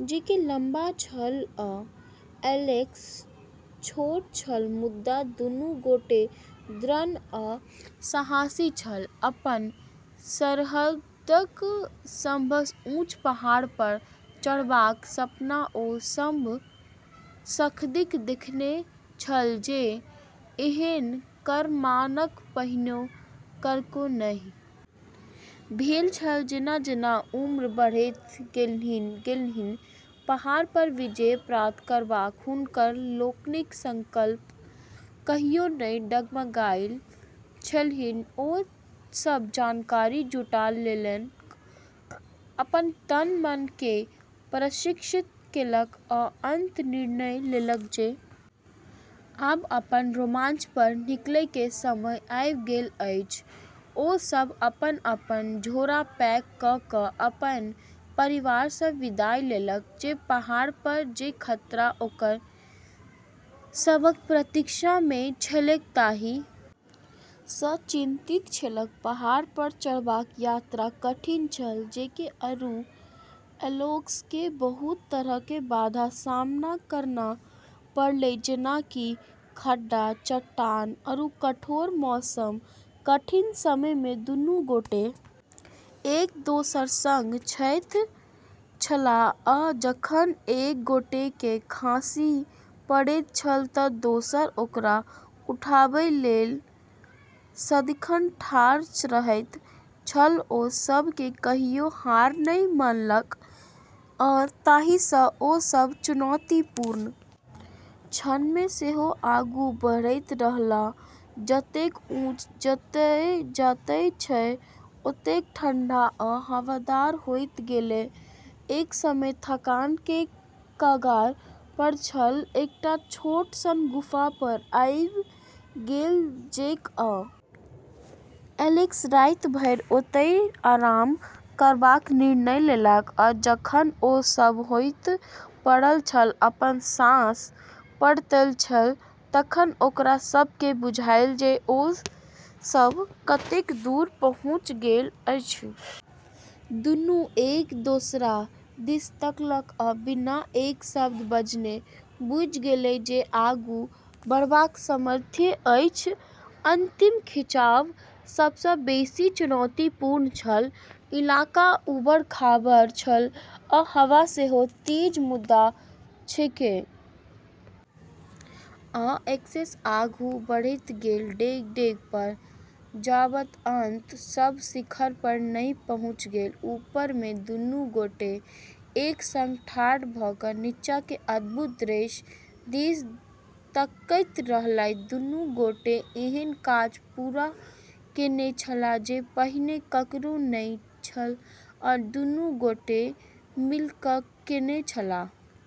जेक लंबा छल आ एलेक्स छोट छल, मुदा दुनू गोटे दृढ़ आ साहसी छल, अपन शहरक सबसँ ऊँच पहाड़ पर चढ़बाक सपना ओ सभ सदिखन देखैत छल जे एहन कारनामा पहिने ककरो नहि भेल छल जेना-जेना उम्र बढ़ैत गेलनि, पहाड़ पर विजय प्राप्त करबाक हुनका लोकनिक संकल्प कहियो नहि डगमगाइत छलनि ओ सब जानकारी जुटा लेलक, अपन तन-मन के प्रशिक्षित केलक आ अंतत निर्णय लेलक जे आब अपन रोमांच पर निकलय के समय आबि गेल अछि ओ सभ अपन-अपन झोरा पैक क क अपन परिवार सँ विदाई लेलक जे पहाड़ पर जे खतरा ओकरा सभक प्रतीक्षा मे छलैक ताहि सँ चिंतित छलैक, पहाड़ पर चढ़बाक यात्रा कठिन छल, जेक आरू एलेक्स के बहुत तरह के बाधा के सामना करना पड़लै जेना कि खड़ा चट्टान आरू कठोर मौसम, कठिन समय मे दुनू गोटे एक दोसराक संग दैत छलाह आ जखन एक गोटे खसि पड़ैत छल त दोसर ओकरा उठाबय लेल सदिखन ठाढ़ रहैत छल ओ सभ कहियो हार नहि मानलक आ ताहि सँ ओ सभ चुनौतीपूर्ण क्षण मे सेहो आगू बढ़ैत रहलाह, जतेक ऊँच जाइत छल ओतेक ठंढा आ हवादार होइत गेल, एक समय थकान के कगार पर छल कि एकटा छोट सन गुफा पर आबि गेल जेक आ एलेक्स राति भरि ओतहि आराम करबाक निर्णय लेलक आ जखन ओ सभ ओतहि पड़ल छल, अपन साँस पकड़ैत छल तखन ओकरा सभ केँ बुझायल जे ओ सभ कतेक दूर धरि पहुँचि गेल अछि, दुनू एक दोसरा दिस तकलक आ बिना एक शब्द बजने बुझि गेल जे आगू बढ़बाक सामर्थ्य अछि, अंतिम खिंचाव सबस बेसी चुनौतीपूर्ण छल, इलाका उबड़-खाबड़ छल आ हवा सेहो तेज छल मुदा जेक आ एलेक्स आगू बढ़ैत गेल, डेग-डेग पर जाबत अंततः ओ सभ शिखर पर नहि पहुँचि गेल ऊपर मे दुनू गोटे एक संग ठाढ़ भ नीचाँक अद्भुत दृश्य दिस तकैत रहलाह, दुनू गोटे एहन काज पूरा केने छलाह जे पहिने ककरो नहि छल आ दुनू गोटे मिलिकय केने छलाह।